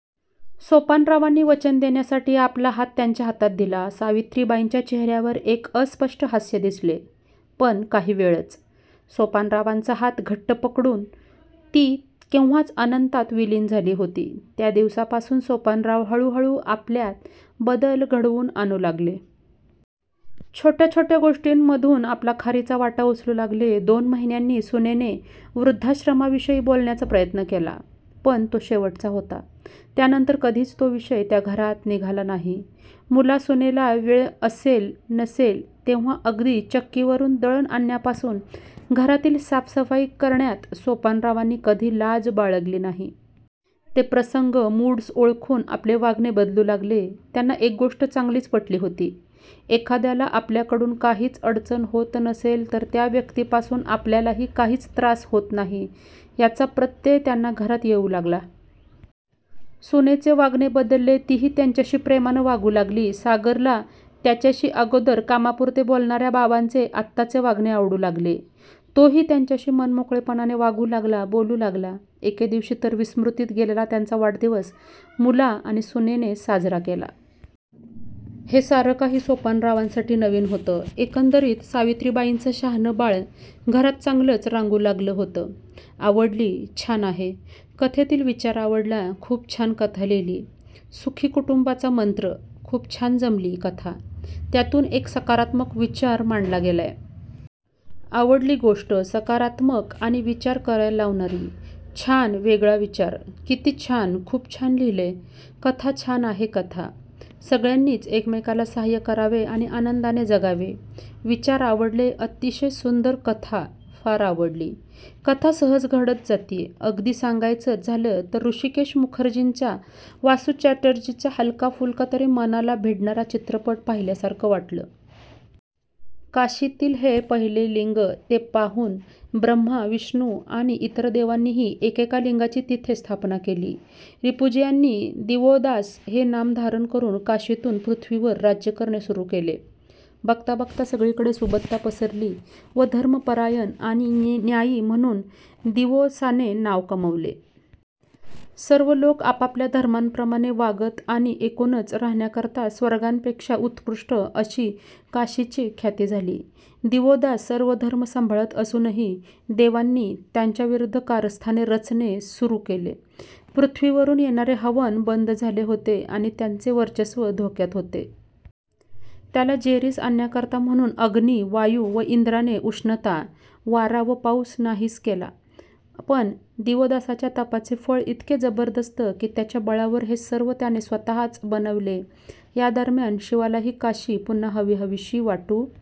सोपानरावानी वचन देण्यासाठी आपला हात त्यांच्या हातात दिला. सावित्रीबाईंच्या चेहऱ्यावर एक अस्पष्ट हास्य दिसले. पण काही वेळच. सोपानरावांचा हात घट्ट पकडून ती केव्हाच अनंतात विलीन झाली होती. त्या दिवसापासून सोपानराव हळू हळू आपल्यात बदल घडवून आणू लागले. छोट्या छोट्या गोष्टींमधून आपला खारीचा वाटा उचलू लागले. दोन महिन्याने सुनेने वृद्धश्रमा विषयी बोलायचा प्रयत्न केला. पण तो शेवटचा होता. त्यानंतर कधीच तो विषय त्या घरात निघाला नाही. मुला- सुनेला वेळ असेल नसेल तेव्हा अगदी चक्की वरून दळण आणण्या पासून, घरातील साफसफाई करण्यात सोपानरावांनी कधी लाज बाळगली नाही. ते प्रसंग, मुड्स ओळखून आपले वागणे बदलू लागले. त्यांना एक गोष्ट चांगलीच पटली होती. एखाद्याला आपल्याकडून काहीच अडचण होत नसेल तर त्या व्यक्तींपासून आपल्यालाही काहीच त्रास होत नाही. त्याचा प्रत्यय त्यांना घरात येऊ लागला. सुनेचे वागणे बदलले. तिही त्यांच्याशी प्रेमाने वागू लागली. सागरला त्याच्याशी अगोदर कामापुरते बोलणाऱ्या बाबांचे आताचे वागणे आवडू लागले. तोही त्यांच्याशी मन मोकळे पणाने वागू, बोलू लागला. एके दिवशी तर विस्मृतीत गेलेला त्यांचा वाढदिवस मुला सुनेने साजरा केला. हे सारं काही सोपानरावांसाठी नवीन होतं. एकंदरीत सावित्रीबाईंचे शहाणं बाळ घरात चांगलचं रांगू लागले होतेआवडली!!! छान आहे, कथेतील विचार आवडला खूप छान कथा लिहिलीय. सुखी कुटुंबाचा मंत्र! खूप छान जमलीय कथा त्यातून एक सकारात्मक विचार मांडला गेलाय. आवडली गोष्ट, सकारात्मक आणि विचार करायला लावणारी! छान, वेगळा विचार! कित्ति छानखूप छान लिहीलीय कथाछान आहे कथा. सगळ्यांनीच एकमेकाला सहाय्य करावे आणी आनंदाने जगावे. विचार आवडलेअतिशय सुंदर कथाफार आवडली! कथा सहज घडत जातीये. अगदी सांगायचंच झालं तर ऋषिकेश मुखर्जींचा ासू चॅटर्जींचा हलका-फुलका तरी मनाला भिडणारा चित्रपट पाहिल्यासारखं वाटलं.। काशीतील हे पहिले लिंग. ते पाहुन ब्रह्मा, विष्णु आणि इतर देवांनीही एकेका लिंगाची तिथे स्थापना केली. रिपुंजयाने, 'दिवोदास' हे नाम धारण करुन काशीतुन पृथ्वीवर राज्य करणे सुरु केले. बघता-बघता सगळीकडे सुबत्ता पसरली व धर्मपरायण आणि न्यायी म्हणुन दिवोदासाने नाव कमावले. सर्व लोक आपापल्या धर्माप्रमाणे वागत आणि एकुणच राहण्याकरता स्वर्गापेक्षा उत्कृष्ठ अशी काशीची ख्याति झाली. दिवोदास सर्व धर्म सांभाळत असुनही देवांनी त्याच्याविरुद्ध कारस्थाने रचणे सुरु केले. पृथ्वीवरुन येणारे हवन बंद झाले होते आणि त्यांचे वर्चस्व धोक्यात होते. त्याला जेरीस आणण्याकरता म्हणुन अग्नी, वायु व इंद्राने उष्णता, वारा व पाऊस नाहीस केला. पण दिवोदासाच्या तपाचे फळ इतके जबरदस्त की त्याच्या बळावर हे सर्व त्याने स्वत:च बनविले. यादरम्यान शिवालाही काशी पुन्हा हवीहवीशी वाटु